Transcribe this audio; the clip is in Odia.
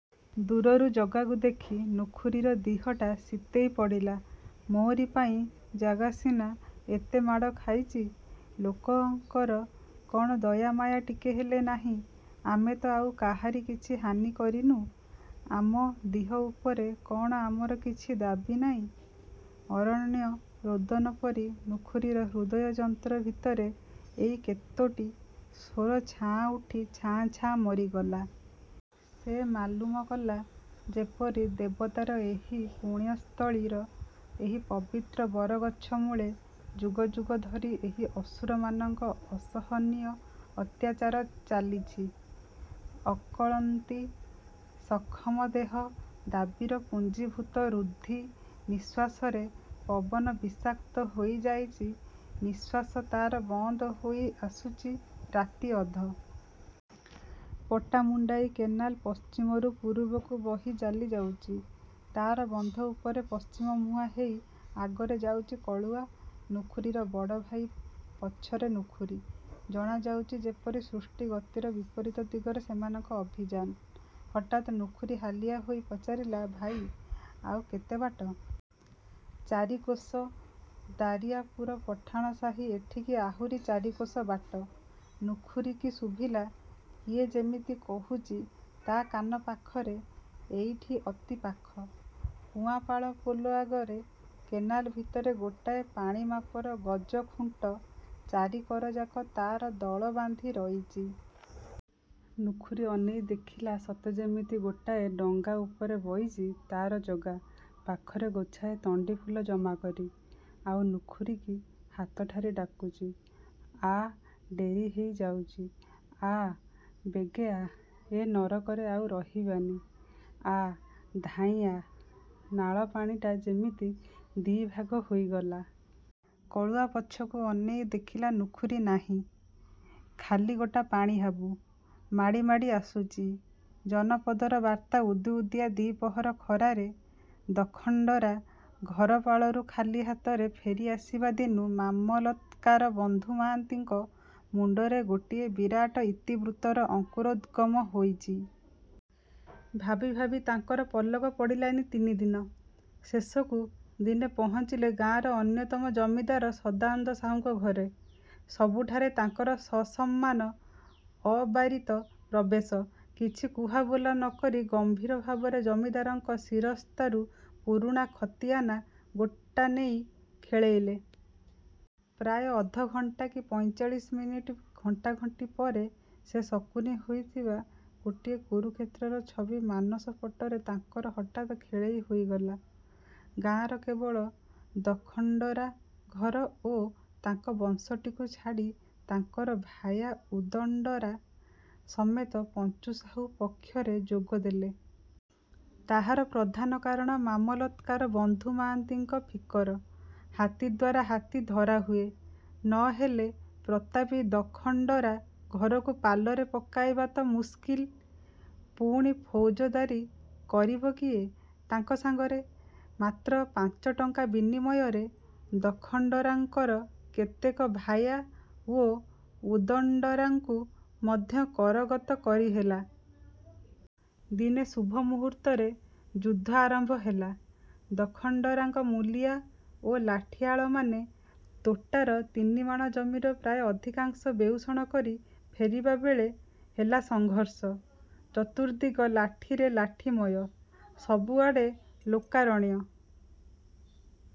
ଦୂରରୁ ଜଗାକୁ ଦେଖି ନୁଖୁରୀର ଦିହଟା ଶୀତେଇ ପଡ଼ିଲା–ମୋରି ପାଇଁ ଜାଗା ସିନା ଏତେ ମାଡ଼ ଖାଇଚି! ଲୋକଙ୍କର କଣ ଦୟାମାୟା ଟିକେ ହେଲେ ନାହିଁ–ଆମେ ତ ଆଉ କାହାରି କିଛି ହାନି କରିନୁ, ଆମ ଦିହ ଉପରେ କଣ ଆମର କିଛି ଦାବି ନାଇଁ– ଅରଣ୍ୟରୋଦନ ପରି ନୁଖୁରୀର ହୃଦୟଯନ୍ତ୍ର ଭିତରେ ଏଇ କେତୋଟି ସ୍ୱର ଛାଁ ଉଠି ଛାଁ ଛାଁ ମରିଗଲା। ସେ ମାଲୁମ କଲା, ଯେପରି ଦେବତାର ଏହି ପୁଣ୍ୟସ୍ଥଳୀର ଏହି ପବିତ୍ର ବରଗଛମୂଳେ ଯୁଗଯୁଗ ଧରି ଏହି ଅସୁରମାନଙ୍କ ଅସହନୀୟ ଅତ୍ୟାଚାର ଚାଲିଛି। ଅକଳନ୍ତି ସଖମ ଦେହ–ଦାବିର ପୁଞ୍ଜିଭୂତ ରୁଦ୍ଧି ନିଃଶ୍ୱାସରେ ପବନ ବିଷାକ୍ତ ହୋଇ ଯାଇଚି ନିଃଶ୍ୱାସ ତାର ବନ୍ଦ ହୋଇ ଆସୁଚି– ରାତି ଅଧ। ପଟାମୁଣ୍ଡାଇ କେନାଲ ପଶ୍ଚିମରୁ ପୂରୁବକୁ ବହି ଚାଲିଯାଉଚି। ତା'ର ବନ୍ଧ ଉପରେ ପଶ୍ଚିମମୁହାଁ ହେଇ ଆଗରେ ଯାଉଚି କଳୁଆ, ନୁଖୁରୀର ବଡ଼ଭାଇ, ପଛରେ ନୁଖୁରୀ। ଜଣାଯାଉଚି, ଯେପରି ସୃଷ୍ଟି–ଗତିର ବିପରୀତ ଦିଗରେ ସେମାନଙ୍କ ଆଭିଯାନ। ହଠାତ୍ ନୁଖୁରୀ ହାଲିଆ ହୋଇ ପଚାରିଲା–ଭାଇ, ଆଉ କେତେ ବାଟ–? –ଚାରିକୋଶ, ଦାରିଆ ପୁର ପଠାଣ ସାହି ଏଠିକି ଆହୁରି ଚାରିକୋଶ ବାଟ। ନୁଖୁରୀକି ଶୁଭିଲା, କିଏ ଯେମିତି କହୁଚି, ତା' କାନ ପାଖରେ,–ଏଇଠି, ଅତି ପାଖ– କୁଆଁପାଳ ପୋଲ ଆଗରେ କେନାଲ ଭିତରେ ଗୋଟାଏ ପାଣି ମାପର ଗଜଖୁଣ୍ଟ, ଚାରି କରଯାକ ତାର ଦଳବାନ୍ଧି ରହିଚି। ନୁଖୁରୀ ଅନେଇ ଦେଖିଲା ସତେ ଯେମିତି ଗୋଟାଏ ଡଙ୍ଗା ଉପରେ ବଇଚି ତାର ଜଗା, ପାଖରେ ଗୋଛାଏ ତଣ୍ଡି ଫୁଲ ଜମାକରି। ଆଉ ନୁଖୁରୀକି ହାତଠାରି ଡାକୁଚି। –ଆ, ଡେରି ହେଇ ଯାଉଚି–ଆ, ବେଗେ ଆ, ଏ ନରକରେ ଆଉ ରହିବାନି–ଆ, ଧାଇଁଆ– ନାଳ ପାଣିଟା ଯେମିତି ଦି' ଭାଗ ହୋଇଗଲା। କଳୁଆ ପଛକୁ ଅନେଇ ଦେଖିଲା ନୁଖୁରୀ ନାହିଁ। ଖାଲି ଗୋଟା ପାଣି ହାବୁ। ମାଡ଼ି ମାଡ଼ି ଆସୁଚି। ଜନପଦର ବାର୍ତ୍ତା ଉଦୁଉଦିଆ ଦିପହର ଖରାରେ ଦଖଣ୍ଡରା' ଘର ପାଳରୁ ଖାଲି ହାତରେ ଫେରି ଆସିବା ଦିନୁ ମାମଲତ୍କାର ବନ୍ଧୁ ମା'ନ୍ତିଙ୍କ ମୁଣ୍ଡରେ ଗୋଟିଏ ବିରାଟ ଇତିବୃତ୍ତର ଅଙ୍କୁରୋଦ୍ଗମ ହୋଇଚି-। ଭାବିଭାବି ତାଙ୍କର ପଲକ ପଡ଼ିଲାନି ତିନି ଦିନ। ଶେଷକୁ ଦିନେ ପହଞ୍ଚିଲେ ଗାଁର ଅନ୍ୟତମ ଜମିଦାର ସଦା'ନ୍ଦ ସାହୁଙ୍କ ଘରେ। ସବୁଠାରେ ତାଙ୍କର ସସମ୍ମାନ ଅବାରିତ ପ୍ରବେଶ। କିଛି କୁହା ବୋଲା ନ କରି ଗମ୍ଭୀର ଭାବରେ ଜମିଦାରଙ୍କ ଶିରସ୍ତାରୁ ପୁରୁଣା ଖତିଆନା ଗୋଟା ନେଇ ଖେଳେଇଲେ। ପ୍ରାୟ ଅଧ ଘଣ୍ଟା କି ପଇଁଚାଳିଶ ମିନିଟ୍ ଘଣ୍ଟାଘଣ୍ଟି ପରେ ସେ ଶକୁନି ହୋଇଥିବା ଗୋଟିଏ କୁରୁକ୍ଷେତ୍ରର ଛବି ମାନସ ପଟରେ ତାଙ୍କର ହଠାତ୍ ଖେଳେଇ ହୋଇଗଲା। ଗାଁର କେବଳ ଦଖଣ୍ଡରା' ଘର ଓ ତାଙ୍କ ବଂଶଟିକୁ ଛାଡ଼ି ତାଙ୍କର ଭାୟା ଉଦଣ୍ଡରା' ସମେତ ପଞ୍ଚୁ ସାହୁ ପକ୍ଷରେ ଯୋଗ ଦେଲେ। ତାହାର ପ୍ରଧାନ କାରଣ, ମାମଲତ୍କାର ବନ୍ଧୁ ମା'ନ୍ତିଙ୍କ ଫିକର, ହାତୀଦ୍ୱାରା ହାତୀ ଧରା ହୁଏ। ନ ହେଲେ ପ୍ରତାପୀ ଦଖଣ୍ଡରା'–ଘରକୁ ପାଲରେ ପକାଇବା ତ ମୁସ୍କିଲ୍, ପୁଣି ଫୌଜଦାରୀ କରିବ କିଏ ତାଙ୍କ ସାଙ୍ଗରେ। ମାତ୍ର ପାଁଶ'ଟଙ୍କା ବିନିମୟରେ ଦଖଣ୍ଡରା'ଙ୍କର କେତେକ ଭାୟା ଓ ଉଦଣ୍ଡରା'ଙ୍କୁ ମଧ୍ୟ କରଗତ କରିହେଲା। ଦିନେ ଶୁଭ ମୁହୂର୍ତ୍ତରେ ଯୁଦ୍ଧ ଆରମ୍ଭ ହେଲା। ଦଖଣ୍ଡରା'ଙ୍କ ମୂଲିଆ ଓ ଲାଠିଆଳମାନେ ତୋଟାର ତିନିମାଣ ଜମିର ପ୍ରାୟ ଅଧିକାଂଶ ବେଉଷଣ କରି ଫେରିବାବେଳେ, ହେଲା ସଂଘର୍ଷ। ଚତୁର୍ଦ୍ଦିଗ ଲାଠିରେ ଲାଠିମୟ। ସବୁଆଡ଼େ ଲୋକାରଣ୍ୟ,